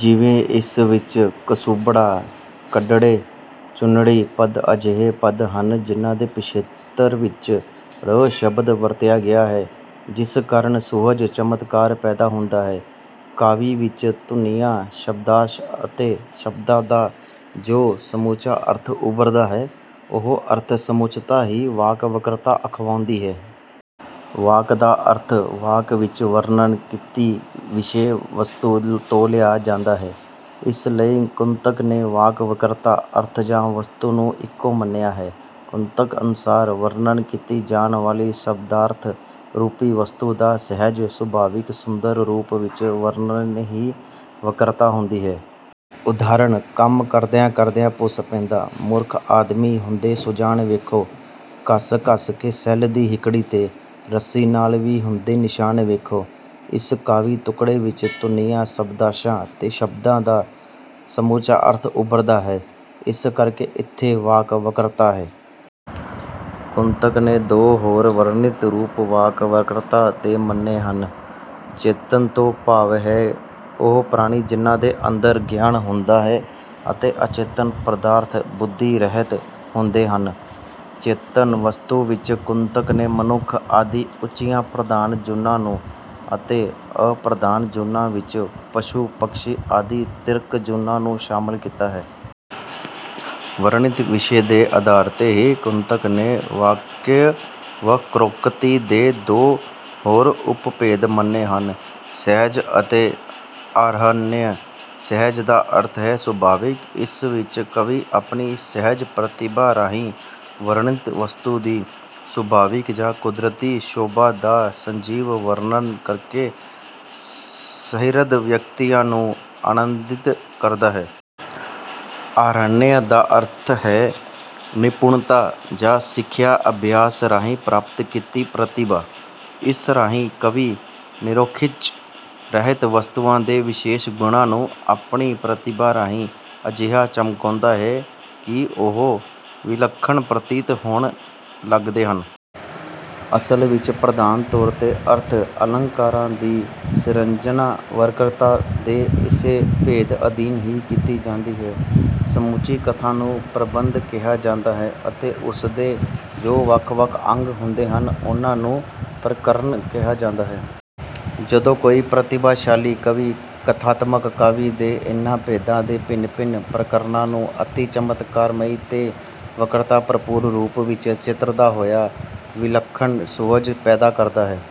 ਜਿਵੇਂ ਇਸ ਵਿੱਚ ਕਸੁੰਭੜਾ, ਕੰਡੜੇ, ਚੁੰਨੜੀ ਪਦ ਅਜਿਹੇ ਪਦ ਹਨ ਜਿਹਨਾਂ ਦੇ ਪਿਛੇਤਰ ਵਿੱਚ 'ੜ' ਸ਼ਬਦ ਵਰਤਿਆ ਗਿਆ ਹੈ ਜਿਸ ਕਾਰਨ ਸੁਹਜ-ਚਮਤਕਾਰ ਪੈਦਾ ਹੁੰਦਾ ਹੈ। ਕਾਵਿ ਵਿੱਚ ਧੁਨੀਆਂ, ਸ਼ਬਦਾਂਸ਼ ਅਤੇ ਸ਼ਬਦਾਂ ਦਾ ਜੋ ਸਮੁੱਚਾ ਅਰਥ ਉਭਰਦਾ ਹੈ ਉਹ ਅਰਥ-ਸਮੁੱਚਤਾ ਹੀ 'ਵਾਕ ਵਕ੍ਰਤਾ' ਅਖਵਾਉਂਦੀ ਹੈ। ਵਾਕ ਦਾ ਅਰਥ ਵਾਕ ਵਿੱਚ ਵਰਣਨ ਕੀਤੀ ਵਿਸ਼ੇ-ਵਸਤੂ ਤੋਂ ਲਿਆ ਜਾਂਦਾ ਹੈ। ਇਸ ਲਈ ਕੁੰਤਕ ਨੇ ਵਾਕ ਵਕ੍ਰਤਾ, ਅਰਥ ਜਾਂ ਵਸਤੂ ਨੂੰ ਇੱਕੋ ਮੰਨਿਆ ਹੈ। ਕੁੰਤਕ ਅਨੁਸਾਰ "ਵਰਣਨ ਕੀਤੀ ਜਾਣ ਵਾਲੀ ਸ਼ਬਦਾਰਥ ਰੂਪੀ ਵਸਤੂ ਦਾ ਸਹਿਜ ਸੁਭਾਵਿਕ ਸੁੰਦਰ ਰੂਪ ਵਿੱਚ ਵਰਣਨ ਹੀ ਵਕ੍ਰਤਾ ਹੁੰਦੀ ਹੈ"। ਉਦਾਹਰਣ "ਕੰਮ ਕਰਦਿਆਂ-ਕਰਦਿਆਂ ਭੁਸ ਪੈਂਦਾ, ਮੂਰਖ ਆਦਮੀ ਹੁੰਦੇ ਸੁਜਾਨ ਵੇਖੋ। ਘੱਸ-ਘੱਸ ਕੇ ਸ਼ੈਲ ਦੀ ਹਿੱਕੜੀ ਤੇ, ਰੱਸੀ ਨਾਲ ਵੀ ਹੁੰਦੇ ਨਿਸ਼ਾਨ ਵੇਖੋ"। ਇਸ ਕਾਵਿ ਟੁੱਕੜੇ ਵਿੱਚ ਧੁਨੀਆਂ, ਸ਼ਬਦਾਂਸ਼ਾਂ ਤੇ ਸ਼ਬਦਾਂ ਦਾ ਸਮੁੱਚਾ ਅਰਥ ਉਭਰਦਾ ਹੈ ਇਸ ਕਰਕੇ ਇੱਥੇ ਵਾਕ ਵਕ੍ਰਤਾ ਹੈ। ਕੁੰਤਕ ਨੇ ਦੋ ਹੋਰ ਵਰਣਿਤ ਰੂਪ ਵਾਕ ਵਕ੍ਰਤਾ ਦੇ ਮੰਨੇ ਹਨ। ਚੇਤਨ ਤੋਂ ਭਾਵ ਹੈ ਉਹ ਪ੍ਰਾਣੀ ਜਿਨ੍ਹਾਂ ਦੇ ਅੰਦਰ ਗਿਆਨ ਹੁੰਦਾ ਹੈ ਅਤੇ ਅਚੇਤਨ ਪਦਾਰਥ ਬੁੱਧੀ ਰਹਿਤ ਹੁੰਦੇ ਹਨ। ਚੇਤਨ ਵਸਤੂ ਵਿੱਚ ਕੁੰਤਕ ਨੇ ਮਨੁੱਖ ਆਦਿ ਉੱਚੀਆਂ ਪ੍ਰਧਾਨ ਜੂਨਾਂ ਨੂੰ ਅਤੇ ਅਪ੍ਰਧਾਨ ਜੂਨਾਂ ਵਿੱਚ ਪਸ਼ੂ ਪੰਛੀ ਆਦਿ ਤਿਰਕ ਜੂਨਾਂ ਨੂੰ ਸ਼ਾਮਲ ਕੀਤਾ ਹੈ। ਵਰਣਿਤ ਵਿਸ਼ੇ ਦੇ ਆਧਾਰ ਤੇ ਹੀ ਕੁੰਤਕ ਨੇ ਵਾਕਯ ਵਕ੍ਰੋਕਤੀ ਦੇ ਦੋ ਹੋਰ ਉਪਭੇਦ ਮੰਨੇ ਹਨ ਸਹਿਜ ਅਤੇ ਆਹਰਯ। 'ਸਹਿਜ' ਦਾ ਅਰਥ ਹੈ ਸੁਭਾਵਿਕ। ਇਸ ਵਿੱਚ ਕਵੀ ਆਪਣੀ ਸਹਿਜ ਪ੍ਰਤਿਭਾ ਰਾਹੀਂ ਵਰਣਿਤ ਵਸਤੂ ਦੀ ਸੁਭਾਵਿਕ ਜਾਂ ਕੁਦਰਤੀ ਸ਼ੋਭਾ ਦਾ ਸੰਜੀਵ ਵਰਣਨ ਕਰਕੇ ਸਹਿਰਦ ਵਿਅਕਤੀਆਂ ਨੂੰ ਆਨੰਦਿਤ ਕਰਦਾ ਹੈ। 'ਆਹਰਯ' ਦਾ ਅਰਥ ਹੈ 'ਨਿਪੁਣਤਾ' ਜਾਂ 'ਸਿੱਖਿਆ' ਅਭਿਆਸ ਰਾਹੀਂ ਪ੍ਰਾਪਤ ਕੀਤੀ ਪ੍ਰਤਿਭਾ। ਇਸ ਰਾਹੀਂ ਕਵੀ ਨਿਰੋਖਿੱਚ ਰਹਿਤ ਵਸਤੂਆਂ ਦੇ ਵਿਸ਼ੇਸ਼ ਗੁਣਾਂ ਨੂੰ ਆਪਣੀ ਪ੍ਰਤਿਭਾ ਰਾਹੀਂ ਅਜਿਹਾ ਚਮਕਾਉਂਦਾ ਹੈ ਕਿ ਉਹ ਵਿਲੱਖਣ ਪ੍ਰਤੀਤ ਹੋਣ ਲੱਗਦੇ ਹਨ। ਅਸਲ ਵਿੱਚ ਪ੍ਰਧਾਨ ਤੌਰ 'ਤੇ ਅਰਥ ਅਲੰਕਾਰਾਂ ਦੀ ਸਿਰਜਣਾ ਵਕ੍ਰਤਾ ਦੇ ਇਸੇ ਭੇਦ ਅਧੀਨ ਹੀ ਕੀਤੀ ਜਾਂਦੀ ਹੈ। ਸਮੁੱਚੀ ਕਥਾ ਨੂੰ ਪ੍ਰਬੰਧ ਕਿਹਾ ਜਾਂਦਾ ਹੈ ਅਤੇ ਉਸਦੇ ਜੋ ਵੱਖ-ਵੱਖ ਅੰਗ ਹੁੰਦੇ ਹਨ ਉਹਨਾਂ ਨੂੰ 'ਪ੍ਰਕਰਣ' ਕਿਹਾ ਜਾਂਦਾ ਹੈ। ਜਦੋਂ ਕੋਈ ਪ੍ਰਤਿਭਾਸ਼ਾਲੀ ਕਵੀ ਕਥਾਤਮਕ ਕਾਵਿ ਦੇ ਇਹਨਾਂ ਭੇਦਾਂ ਦੇ ਭਿੰਨ-ਭਿੰਨ ਪ੍ਰਕਰਣਾਂ ਨੂੰ ਅਤਿ ਚਮਤਕਾਰਮਈ ਤੇ ਵਕ੍ਰਤਾ ਭਰਪੂਰ ਰੂਪ ਵਿੱਚ ਚਿਤਰਦਾ ਹੋਇਆ ਵਿਲੱਖਣ ਸੁਹਜ ਪੈਦਾ ਕਰਦਾ ਹੈ।